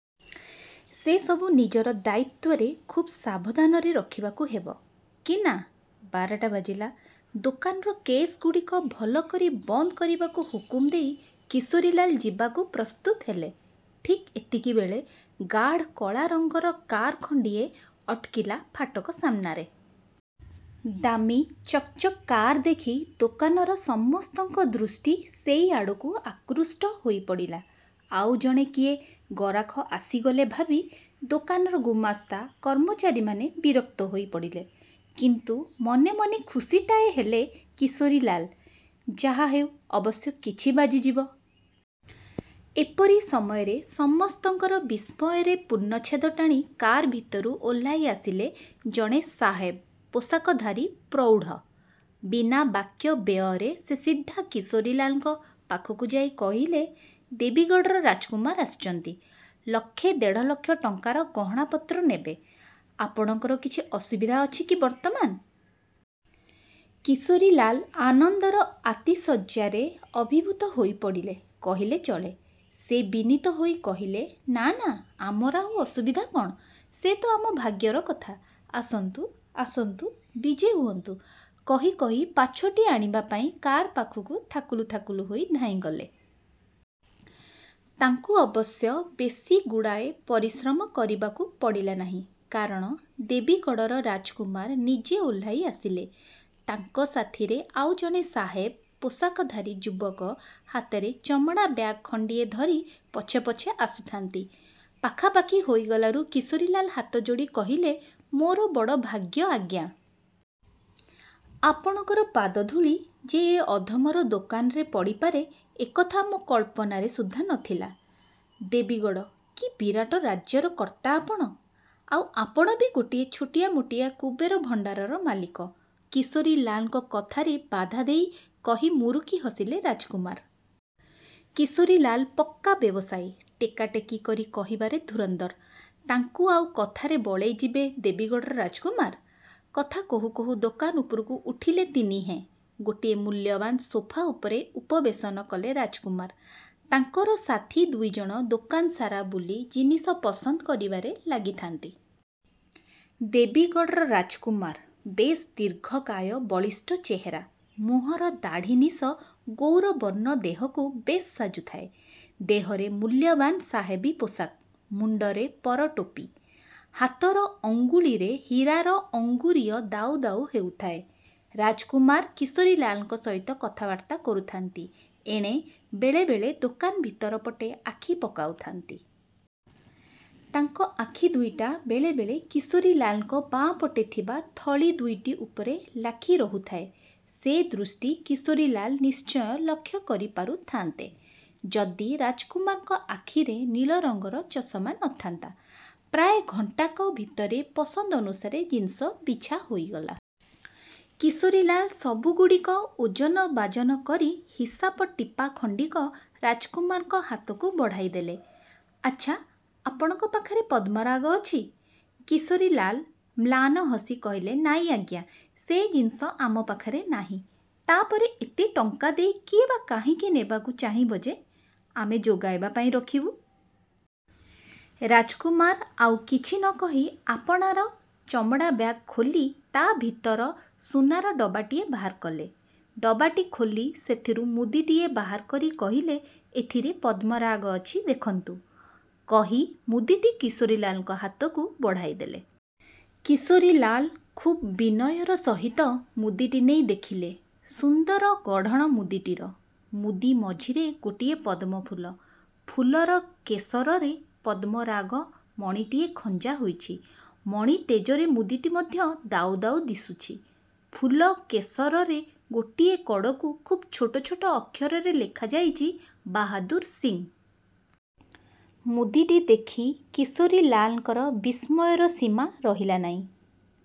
ସେ ସବୁ ନିଜର ଦାୟିତ୍ୱରେ ଖୁବ୍ ସାବଧାନରେ ରଖିବାକୁ ହେବ କି ନା! ବାରଟା ବାଜିଲା। ଦୋକାନର କେଶ୍ ଗୁଡ଼ିକ ଭଲ କରି ବନ୍ଦ କରିବାକୁ ହୁକୁମ ଦେଇ କିଶୋରୀଲାଲ ଯିବାକୁ ପ୍ରସ୍ତତ ହେଲେ। ଠିକ୍ ଏତିକିବେଳେ ଗାଢ଼ କଳାରଙ୍ଗର କାର୍ ଖଣ୍ଡିଏ ଅଟକିଲା ଫାଟକ ସାମ୍ନାରେ। ଦାମୀ ଚକ୍ ଚକ୍ କାର୍ ଦେଖି ଦୋକାନର ସମସ୍ତଙ୍କ ଦୃଷ୍ଟି ସେଇ ଆଡ଼କୁ ଆକୃଷ୍ଟ ହୋଇ ପଡ଼ିଲା। ଆଉ ଜଣେ କିଏ ଗରାଖ ଆସିଗଲେ ଭାବି ଦୋକାନର ଗୁମାସ୍ତା କର୍ମଚାରୀମାନେ ବିରକ୍ତ ହୋଇ ପଡ଼ିଲେ। କିନ୍ତୁ ମନେ ମନେ ଖୁସିଟାଏ ହେଲେ କିଶୋରୀଲାଲ। ଯାହା ହେଉ ଅବଶ୍ୟ କିଛି ବାଜିଯିବ। ଏପରି ସମୟରେ ସମସ୍ତଙ୍କର ବିସ୍ମୟରେ ପୂର୍ଣ୍ଣଚ୍ଛେଦ ଟାଣି କାର୍ ଭିତରୁ ଓହ୍ଲାଇ ଆସିଲେ ଜଣେ ସାହେବ ପୋଷାକଧାରୀ ପ୍ରୌଢ଼। ବିନା ବାକ୍ୟ ବ୍ୟୟରେ ସେ ସିଧା କିଶୋରୀଲାଲଙ୍କ ପାଖକୁ ଯାଇ କହିଲେ-''ଦେବୀଗଡ଼ର ରାଜକୁମାର ଆସିଛନ୍ତି। ଲକ୍ଷେ ଦେଢ଼ ଲକ୍ଷ ଟଙ୍କାର ଗହଣା ପତ୍ର ନେବେ। ଆପଣଙ୍କର କିଛି ଅସୁବିଧା ଅଛି କି ବର୍ତ୍ତମାନ? '' କିଶୋରୀଲାଲ ଆନନ୍ଦର ଆତିଶଯ୍ୟାରେ ଅଭିଭୂତ ହୋଇ ପଡ଼ିଲେ କହିଲେ ଚଳେ। ସେ ବିନୀତ ହୋଇ କହିଲେ-''ନା ନା, ଆମର ଆଉ ଅସୁବିଧା କ'ଣ? ସେ ତ ଆମ ଭାଗ୍ୟର କଥା। '' ''ଆସନ୍ତୁ, ଆସନ୍ତୁ, ବିଜେ ହେଉନ୍ତୁ''-କହି କହି ପାଛୋଟି ଆଣିବା ପାଇଁ କାର୍ ପାଖକୁ ଥାକୁଲୁ ଥାକୁଲୁ ହୋଇ ଧାଇଁଗଲେ। ତାଙ୍କୁ ଅବଶ୍ୟ ବେଶୀ ଗୁଡ଼ାଏ ପରିଶ୍ରମ କରିବାକୁ ପଡ଼ିଲା ନାହିଁ। କାରଣ ଦେବୀଗଡ଼ର ରାଜକୁମାର ନିଜେ ଓହ୍ଲାଇ ଆସିଲେ। ତାଙ୍କ ସାଥିରେ ଆଉ ଜଣେ ସାହେବ ପୋଷାକଧାରୀ ଯୁବକ ହାତରେ ଚମଡ଼ା ବ୍ୟାଗ୍ ଖଣ୍ଡିଏ ଧରି ପଛେ ପଛେ ଆସୁଥାନ୍ତି। ପାଖାପାଖି ହୋଇଗଲାରୁ କିଶୋରୀଲାଲ ହାତଯୋଡ଼ି କହିଲେ-''ମୋର ବଡ଼ ଭାଗ୍ୟ ଆଜ୍ଞା! ଆପଣଙ୍କର ପାଦଧୂଳି ଯେ ଏ ଅଧମର ଦୋକାନରେ ପଡ଼ିପାରେ, ଏକଥା ମୋ କଳ୍ପନାରେ ସୁଦ୍ଧା ନ ଥିଲା। ଦେବୀଗଡ଼! କି ବିରାଟରାଜ୍ୟର କର୍ତ୍ତା ଆପଣ। '' ''ଆଉ ଆପଣ ବି ଗୋଟିଏ ଛୋଟିଆ ମୋଟିଆ କୁବେର ଭଣ୍ଡାରର ମାଲିକ'' କିଶୋରୀଲାଲଙ୍କ କଥାରେ ବାଧାଦେଇ କହି ମୁରୁକି ହସିଲେ ରାଜକୁମାର। କିଶୋରୀଲାଲ ପକ୍କା ବ୍ୟବସାୟୀ। ଟେକା ଟେକି କରି କହିବାରେ ଧୂରନ୍ଧର। ତାଙ୍କୁ ଆଉ କଥାରେ ବଳେଇଯିବେ ଦେବୀଗଡ଼ର ରାଜକୁମାର? କଥା କହୁ କହୁ ଦୋକାନ ଉପରକୁ ଉଠିଲେ ତିନିହେଁ। ଗୋଟିଏ ମୂଲ୍ୟବାନ ସୋଫା ଉପରେ ଉପବେଶନ କଲେ ରାଜକୁମାର। ତାଙ୍କର ସାଥି ଦୁଇଜଣ ଦୋକାନ ସାରା ବୁଲି ଜିନିଷ ପସନ୍ଦ କରିବାରେ ଲାଗିଥାନ୍ତି। ଦେବୀଗଡ଼ର ରାଜକୁମାର। ବେଶ୍ ଦୀର୍ଘକାୟ ବଳିଷ୍ଠ ଚେହେରା। ମୁହଁର ଦାଢ଼ି ନିଶ ଗୌରବର୍ଣ୍ଣ ଦେହକୁ ବେଶ୍ ସାଜୁଥାଏ। ଦେହରେ ମୂଲ୍ୟବାନ ସାହେବୀ ପୋଷାକ। ମୁଣ୍ଡରେ ପର ଟୋପି।। ହାତର ଅଙ୍ଗୁଳିରେ ହୀରାର ଅଙ୍ଗୁରୀୟ ଦାଉ ଦାଉ ହେଉଥାଏ। ରାଜକୁମାର କିଶୋରୀଲାଲଙ୍କ ସହିତ କଥାବାର୍ତ୍ତା କରୁଥାନ୍ତି। ଏଣେ ବେଳେ ବେଳେ ଦୋକାନ ଭିତରପଟେ ଆଖି ପକାଉଥାନ୍ତି। ତାଙ୍କ ଆଖି ଦୁଇଟା ବେଳେ ବେଳେ କିଶୋରୀଲାଲଙ୍କ ବାଁ ପଟେ ଥିବା ଥଳି ଦୁଇଟି ଉପରେ ଲାଖି ରହୁଥାଏ। ସେ ଦୃଷ୍ଟି କିଶୋରୀଲାଲ ନିଶ୍ଚୟ ଲକ୍ଷ୍ୟ କରି ପାରୁଥାନ୍ତେ, ଯଦି ରାଜକୁମାରଙ୍କ ଆଖିରେ ନୀଳରଙ୍ଗର ଚଷମା ନ ଥାନ୍ତା। ପ୍ରାୟ ଘଣ୍ଟାକ ଭିତରେ ପସନ୍ଦ ଅନୁସାରେ ଜିନିଷ ବିଛା ହୋଇଗଲା। କିଶୋରୀଲାଲ ସବୁ ଗୁଡ଼ିକ ଓଜନ ବାଜନ କରି ହିସାବ ଟିପା ଖଣ୍ଡିକ ରାଜକୁମାରଙ୍କ ହାତକୁ ବଢ଼ାଇ ଦେଲେ। ଆଚ୍ଛା, ଆପଣଙ୍କ ପାଖରେ ପଦ୍ମରାଗ ଅଛି? '' କିଶୋରୀଲାଲ ମ୍ଳାନ ହସି କହିଲେ-''ନାଇଁ ଆଜ୍ଞା! ସେ ଜିନିଷ ଆମ ପାଖରେ ନାହିଁ-। ତା'ପରେ ଏତେ ଟଙ୍କା ଦେଇ କିଏ ବା କାହିଁକି ନେବାକୁ ଚାହିଁବ ଯେ, ଆମେ ଯୋଗାଇବା ପାଇଁ ରଖିବୁ। '' ରାଜକୁମାର ଆଉ କିଛି ନ କହି ଆପଣାର ଚମଡ଼ା ବ୍ୟାଗ୍ ଖୋଲି ତା' ଭିତର ସୁନାର ଡବାଟିଏ ବାହାର କଲେ। ଡବାଟି ଖୋଲି ସେଥିରୁ ମୁଦିଟିଏ ବାହାର କରି କହିଲେ-''ଏଥିରେ ପଦ୍ମରାଗ ଅଛି ଦେଖନ୍ତୁ। '' କହି ମୁଦିଟି କିଶୋରୀଲାଲଙ୍କ ହାତକୁ ବଢ଼ାଇ ଦେଲେ। କିଶୋରୀଲାଲ ଖୁବ୍ ବିନୟର ସହିତ ମୁଦିଟି ନେଇ ଦେଖିଲେ। ସୁନ୍ଦର ଗଢ଼ଣ ମୁଦିଟିର। ମୁଦି ମଝିରେ ଗୋଟିଏ ପଦ୍ମଫୁଲ। ଫୁଲର କେଶରରେ ପଦ୍ମରାଗ ମଣିଟିଏ ଖଞ୍ଜା ହୋଇଛି। ମଣି ତେଜରେ ମୁଦିଟି ମଧ୍ୟ ଦାଉ ଦାଉ ଦିଶୁଛି। ଫୁଲ କେଶରରେ ଗୋଟିଏ କଡ଼କୁ ଖୁବ୍ ଛୋଟ ଛୋଟ ଅକ୍ଷରରେ ଲେଖା ହୋଇଛି-''ବାହାଦୂର ସିଂ। '' ମୁଦିଟି ଦେଖି କିଶୋରୀଲାଲଙ୍କର ବିସ୍ମୟର ସୀମା ରହିଲା ନାହିଁ।